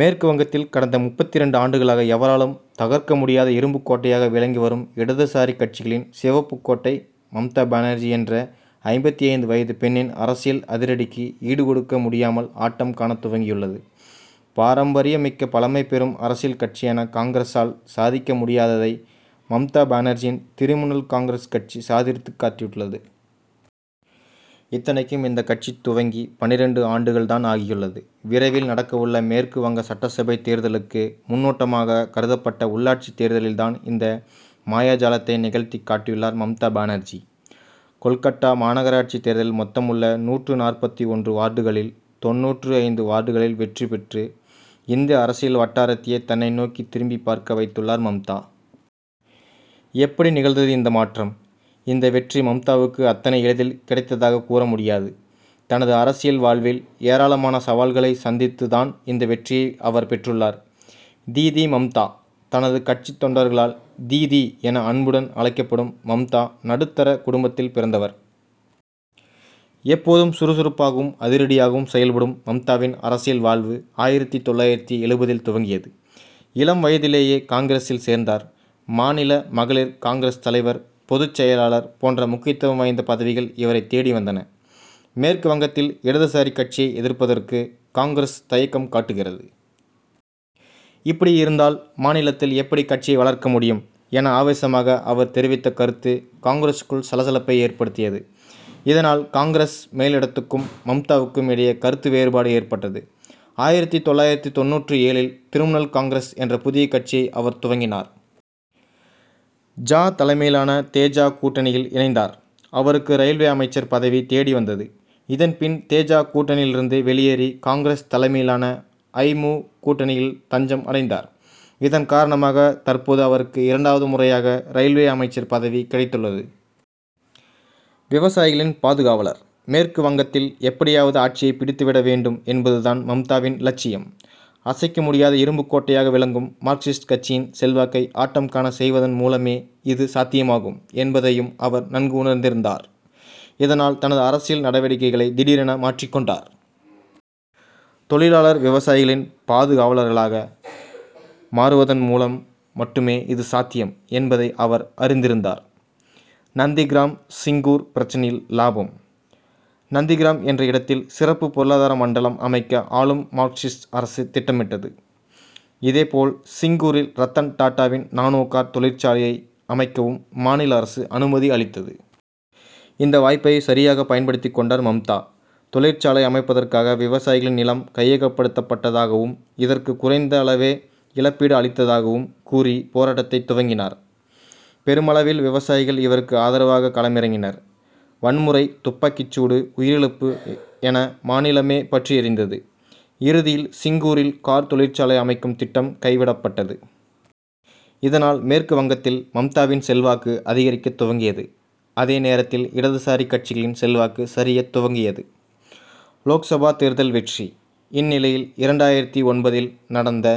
மேற்கு வங்கத்தில் கடந்த முப்பத்திரண்டு ஆண்டுகளாக எவராலும் தகர்க்க முடியாத இரும்புக் கோட்டையாக விளங்கி வரும் இடதுசாரி கட்சிகளின் சிவப்பு கோட்டை மம்தா பானர்ஜி என்ற ஐம்பத்தைந்து வயது பெண்ணின் அரசியல் அதிரடிக்கு ஈடுகொடுக்க முடியாமல் ஆட்டம் காணத் துவங்கியுள்ளது. பாரம்பரியம் மிக்க பழம் பெரும் அரசியல் கட்சியான காங்கிரசால் சாதிக்க முடியாததை மம்தா பானர்ஜியின் திரிணமுல் காங்கிரஸ் கட்சி சாதித்துக் காட்டியுள்ளது. இத்தனைக்கும் இந்த கட்சி துவங்கி பன்னிரண்டு ஆண்டுகள் தான் ஆகியுள்ளது. விரைவில் நடக்கவுள்ள மேற்கு வங்க சட்டசபை தேர்தலுக்கு முன்னோட்டமாக கருதப்பட்ட உள்ளாட்சி தேர்தலில் தான் இந்த மாயாஜாலத்தை நிகழ்த்திக் காட்டியுள்ளார் மம்தா பானர்ஜி. கோல்கட்டா மாநகராட்சி தேர்தலில் மொத்தம் உள்ள நூற்று நாற்பத்து ஒன்று வார்டுகளில் தொண்ணூற்று ஐந்து வார்டுகளில் வெற்றி பெற்று இந்திய அரசியல் வட்டாரத்தையே தன்னை நோக்கி திரும்பி பார்க்க வைத்துள்ளார் மம்தா. எப்படி நிகழ்ந்தது இந்த மாற்றம்? இந்த வெற்றி மம்தாவுக்கு அத்தனை எளிதில் கிடைத்ததாக கூற முடியாது. தனது அரசியல் வாழ்வில் ஏராளமான சவால்களை சந்தித்து தான் இந்த வெற்றியை அவர் பெற்றுள்ளார். தீதி மம்தா: தனது கட்சித் தொண்டர்களால் தீதி என அன்புடன் அழைக்கப்படும் மம்தா நடுத்தர குடும்பத்தில் பிறந்தவர். எப்போதும் சுறுசுறுப்பாகவும் அதிரடியாகவும் செயல்படும் மம்தாவின் அரசியல் வாழ்வு ஆயிரத்து தொள்ளாயிரத்து எழுபதில் துவங்கியது. இளம் வயதிலேயே காங்கிரசில் சேர்ந்தார். மாநில மகளிர் காங்கிரஸ் தலைவர் பொதுச்செயலர் போன்ற முக்கியத்துவம் வாய்ந்த பதவிகள் இவரைத் தேடி வந்தன. மேற்கு வங்கத்தில் இடதுசாரி கட்சியை எதிர்ப்பதற்கு காங்கிரஸ் தயக்கம் காட்டுகிறது. இப்படி இருந்தால் மாநிலத்தில் எப்படி கட்சியை வளர்க்க முடியும் என ஆவேசமாக அவர் தெரிவித்த கருத்து காங்கிரசுக்குள் சல சலப்பை ஏற்படுத்தியது. இதனால் காங்கிரஸ் மேலிடத்துக்கும் மம்தாவுக்கும் இடையே கருத்து வேறுபாடு ஏற்பட்டது. ஆயிரத்து தொள்ளாயிரத்து தொண்ணூற்று ஏழில் திரிணமுல் காங்கிரஸ் என்ற புதிய கட்சியை அவர் துவக்கினார். ஜ. தலைமையிலான தே. ஜ. கூட்டணியில் இணைந்தார். அவருக்கு ரயில்வே அமைச்சர் பதவி தேடி வந்தது. இதன் பின் தே. ஜ. கூட்டணியிலிருந்து வெளியேறி காங்கிரஸ் தலைமையிலான ஐ. மு. கூட்டணியில் தஞ்சம் அடைந்தார். இதன் காரணமாக தற்போது அவருக்கு இரண்டாவது முறையாக ரயில்வே அமைச்சர் பதவி கிடைத்துள்ளது. விவசாயிகளின் பாதுகாவலர்: மேற்கு வங்கத்தில் எப்படியாவது ஆட்சியை பிடித்து விட வேண்டும் என்பது தான் மம்தாவின் இலட்சியம். அசைக்க முடியாத இரும்புக் கோட்டையாக விளங்கும் மார்க்சிஸ்ட் கட்சியின் செல்வாக்கை ஆட்டம் காணச் செய்வதன் மூலமே இது சாத்தியமாகும் என்பதையும் அவர் நன்கு உணர்ந்திருந்தார். இதனால் தனது அரசியல் நடவடிக்கைகளை திடீரென மாற்றிக் கொண்டார். தொழிலாளர் விவசாயிகளின் பாதுகாவலராக மாறுவதன் மூலம் மட்டுமே இது சாத்தியம் என்பதை அவர் அறிந்திருந்தார். நந்திகிராம் சிங்கூர் பிரச்னையில் லாபம்: நந்திகிராம் என்ற இடத்தில் சிறப்பு பொருளாதார மண்டலம் அமைக்க ஆளும் மார்க்சிஸ்ட் அரசு திட்டமிட்டது. இதேபோல் சிங்கூரில் ரத்தன் டாடாவின் நானோ கார் தொழிற்சாலையை அமைக்கவும் மாநில அரசு அனுமதி அளித்தது. இந்த வாய்ப்பை சரியாக பயன்படுத்தி கொண்டார் மம்தா. தொழிற்சாலை அமைப்பதற்காக விவசாயிகளின் நிலம் கையகப்படுத்தப்பட்டதாகவும் இதற்கு குறைந்த அளவே இழப்பீடு அளித்ததாகவும் கூறி போராட்டத்தை துவக்கினார். பெருமளவில் விவசாயிகள் இவருக்கு ஆதரவாக களமிறங்கினர். வன்முறை துப்பாக்கி சூடு உயிரிழப்பு என மாநிலமே பற்றி எரிந்தது. இறுதியில் சிங்கூரில் கார் தொழிற்சாலை அமைக்கும் திட்டம் கைவிடப்பட்டது. இதனால் மேற்கு வங்கத்தில் மம்தாவின் செல்வாக்கு அதிகரிக்க துவங்கியது. அதே நேரத்தில் இடதுசாரி கட்சிகளின் செல்வாக்கு சரியத் துவங்கியது. லோக்சபா தேர்தல் வெற்றி: இந்நிலையில் இரண்டாயிரத்து ஒன்பதில் நடந்த